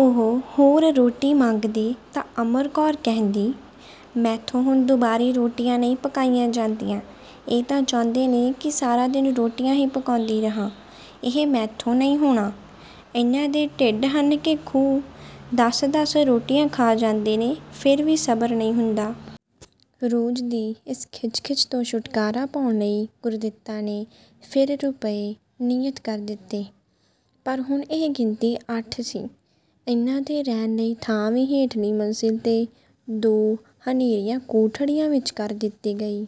ਉਹ ਹੋਰ ਰੋਟੀ ਮੰਗਦੇ ਤਾਂ ਅਮਰ ਕੌਰ ਕਹਿੰਦੀ, "ਮੈਥੋਂ ਹੁਣ ਦੁਬਾਰੇ ਰੋਟੀਆਂ ਨਹੀਂ ਪਕਾਈਆਂ ਜਾਂਦੀਆਂ। ਇਹ ਤਾਂ ਚਾਹੁੰਦੇ ਨੇ ਕਿ ਸਾਰਾ ਦਿਨ ਰੋਟੀਆਂ ਹੀ ਪਕਾਉਂਦੀ ਰਹਾਂ। ਇਹ ਮੈਥੋਂ ਨਹੀਂ ਹੋਣਾ। ਇਨ੍ਹਾਂ ਦੇ ਢਿੱਡ ਹਨ ਕਿ ਖੂਹ, ਦਸ-ਦਸ ਰੋਟੀਆਂ ਖਾ ਜਾਂਦੇ ਨੇ, ਫਿਰ ਵੀ ਸਬਰ ਨਹੀਂ ਹੁੰਦਾ।" ਰੋਜ਼ ਦੀ ਇਸ ਖਿੱਚ-ਖਿੱਚ ਤੋਂ ਛੁਟਕਾਰਾ ਪਾਉਣ ਲਈ ਗੁਰਾਂਦਿੱਤਾ ਨੇ ਫਿਰ ਰੁਪਏ ਨਿਯਤ ਕਰ ਦਿੱਤੇ, ਪਰ ਹੁਣ ਇਹ ਗਿਣਤੀ ਅੱਠ ਸੀ। ਇਨ੍ਹਾਂ ਦੇ ਰਹਿਣ ਲਈ ਥਾਂ ਵੀ ਹੇਠਲੀ ਮੰਜ਼ਿਲ 'ਤੇ ਦੋ ਹਨੇਰੀਆਂ ਕੋਠੜੀਆਂ ਵਿੱਚ ਕਰ ਦਿੱਤੀ ਗਈ।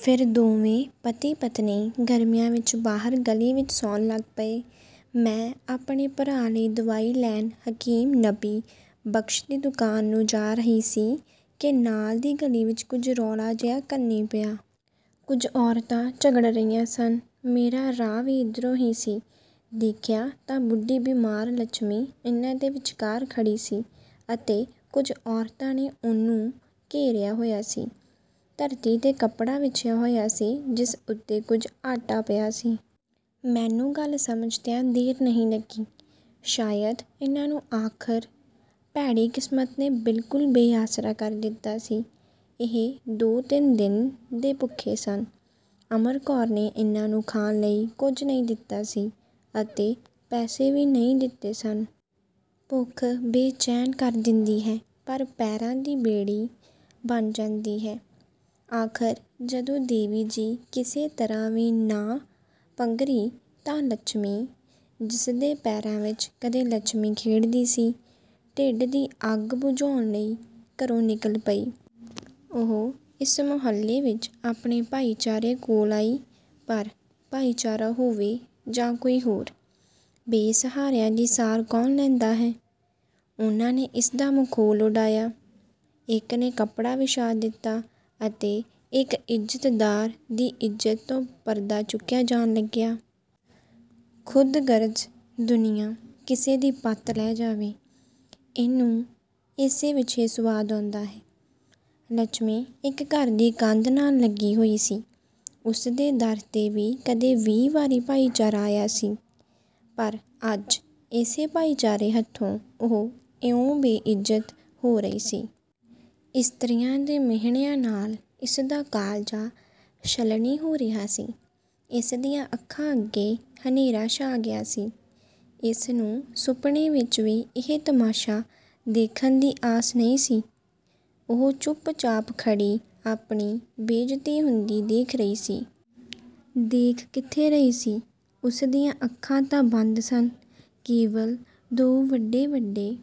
ਫਿਰ ਦੋਵੇਂ ਪਤੀ-ਪਤਨੀ ਗਰਮੀਆਂ ਵਿੱਚ ਬਾਹਰ ਗਲੀ ਵਿੱਚ ਸੌਣ ਲੱਗ ਪਏ। ਮੈਂ ਆਪਣੇ ਭਰਾ ਲਈ ਦਵਾਈ ਲੈਣ ਹਕੀਮ ਨਬੀ ਬਖ਼ਸ਼ ਦੀ ਦੁਕਾਨ ਨੂੰ ਜਾ ਰਹੀ ਸੀ ਕਿ ਨਾਲ ਦੀ ਗਲੀ ਵਿੱਚ ਕੁਝ ਰੌਲਾ ਜਿਹਾ ਕੰਨੀਂ ਪਿਆ। ਕੁਝ ਔਰਤਾਂ ਝਗੜ ਰਹੀਆਂ ਸਨ। ਮੇਰਾ ਰਾਹ ਵੀ ਇਧਰੋਂ ਹੀ ਸੀ। ਦੇਖਿਆ ਤਾਂ ਬੁੱਢੀ ਬਿਮਾਰ ਲੱਛਮੀ ਇਨ੍ਹਾਂ ਦੇ ਵਿਚਕਾਰ ਖੜ੍ਹੀ ਸੀ ਅਤੇ ਕੁਝ ਔਰਤਾਂ ਨੇ ਉਹਨੂੰ ਘੇਰਿਆ ਹੋਇਆ ਸੀ। ਧਰਤੀ 'ਤੇ ਕੱਪੜਾ ਵਿਛਿਆ ਹੋਇਆ ਸੀ ਜਿਸ ਉੱਤੇ ਕੁਝ ਆਟਾ ਪਿਆ ਸੀ। ਮੈਨੂੰ ਗੱਲ ਸਮਝਦਿਆਂ ਦੇਰ ਨਹੀਂ ਲੱਗੀ। ਸ਼ਾਇਦ ਇਨ੍ਹਾਂ ਨੂੰ ਆਖਰ ਭੈੜੀ ਕਿਸਮਤ ਨੇ ਬਿਲਕੁਲ ਬੇਆਸਰਾ ਕਰ ਦਿੱਤਾ ਸੀ। ਇਹ ਦੋ-ਤਿੰਨ ਦਿਨ ਦੇ ਭੁੱਖੇ ਸਨ। ਅਮਰ ਕੌਰ ਨੇ ਇਨ੍ਹਾਂ ਨੂੰ ਖਾਣ ਲਈ ਕੁਝ ਨਹੀਂ ਦਿੱਤਾ ਸੀ ਅਤੇ ਪੈਸੇ ਵੀ ਨਹੀਂ ਦਿੱਤੇ ਸਨ। ਭੁੱਖ ਬੇਚੈਨ ਕਰ ਦਿੰਦੀ ਹੈ, ਪਰ ਪੈਰਾਂ ਦੀ ਬੇੜੀ ਬਣ ਜਾਂਦੀ ਹੈ। ਆਖਰ ਜਦੋਂ ਦੇਵੀ ਜੀ ਕਿਸੇ ਤਰ੍ਹਾਂ ਵੀ ਨਾ ਪੰਘਰੀ ਤਾਂ ਲੱਛਮੀ, ਜਿਸ ਦੇ ਪੈਰਾਂ ਵਿੱਚ ਕਦੇ ਲੱਛਮੀ ਖੇਡਦੀ ਸੀ, ਢਿੱਡ ਦੀ ਅੱਗ ਬੁਝਾਉਣ ਲਈ ਘਰੋਂ ਨਿਕਲ ਪਈ। ਉਹ ਇਸ ਮੁਹੱਲੇ ਵਿੱਚ ਆਪਣੇ ਭਾਈਚਾਰੇ ਕੋਲ ਆਈ, ਪਰ ਭਾਈਚਾਰਾ ਹੋਵੇ ਜਾਂ ਕੋਈ ਹੋਰ, ਬੇ-ਸਹਾਰਿਆਂ ਦੀ ਸਾਰ ਕੌਣ ਲੈਂਦਾ ਹੈ। ਉਨ੍ਹਾਂ ਨੇ ਇਸ ਦਾ ਮਖੌਲ ਉਡਾਇਆ। ਇੱਕ ਨੇ ਕੱਪੜਾ ਵਿਛਾ ਦਿੱਤਾ ਅਤੇ ਇੱਕ ਇੱਜ਼ਤਦਾਰ ਦੀ ਇੱਜ਼ਤ ਤੋਂ ਪਰਦਾ ਚੁੱਕਿਆ ਜਾਣ ਲੱਗਿਆ। ਖ਼ੁਦਗਰਜ਼ ਦੁਨੀਆਂ, ਕਿਸੇ ਦੀ ਪਤ ਲਹਿ ਜਾਵੇ, ਇਹਨੂੰ ਇਸੇ ਵਿੱਚ ਹੀ ਸੁਆਦ ਆਉਂਦਾ ਹੈ। ਲੱਛਮੀ ਇੱਕ ਘਰ ਦੀ ਕੰਧ ਨਾਲ ਲੱਗੀ ਹੋਈ ਸੀ। ਉਸ ਦੇ ਦਰ 'ਤੇ ਵੀ ਕਦੇ ਵੀਹ ਵਾਰੀ ਭਾਈਚਾਰਾ ਆਇਆ ਸੀ, ਪਰ ਅੱਜ ਇਸੇ ਭਾਈਚਾਰੇ ਹੱਥੋਂ ਉਹ ਇਉਂ ਬੇਇਜ਼ਤ ਹੋ ਰਹੀ ਸੀ। ਇਸਤਰੀਆਂ ਦੇ ਮਿਹਣਿਆਂ ਨਾਲ ਇਸ ਦਾ ਕਾਲਜਾ ਛਲਣੀ ਹੋ ਰਿਹਾ ਸੀ। ਇਸ ਦੀਆਂ ਅੱਖਾਂ ਅੱਗੇ ਹਨੇਰਾ ਛਾ ਗਿਆ ਸੀ। ਇਸ ਨੂੰ ਸੁਪਨੇ ਵਿੱਚ ਵੀ ਇਹ ਤਮਾਸ਼ਾ ਦੇਖਣ ਦੀ ਆਸ ਨਹੀਂ ਸੀ। ਉਹ ਚੁੱਪ-ਚਾਪ ਖੜ੍ਹੀ ਆਪਣੀ ਬੇਇਜ਼ਤੀ ਹੁੰਦੀ ਦੇਖ ਰਹੀ ਸੀ। ਦੇਖ ਕਿੱਥੇ ਰਹੀ ਸੀ, ਉਸ ਦੀਆਂ ਅੱਖਾਂ ਤਾਂ ਬੰਦ ਸਨ, ਕੇਵਲ ਦੋ ਵੱਡੇ-ਵੱਡੇ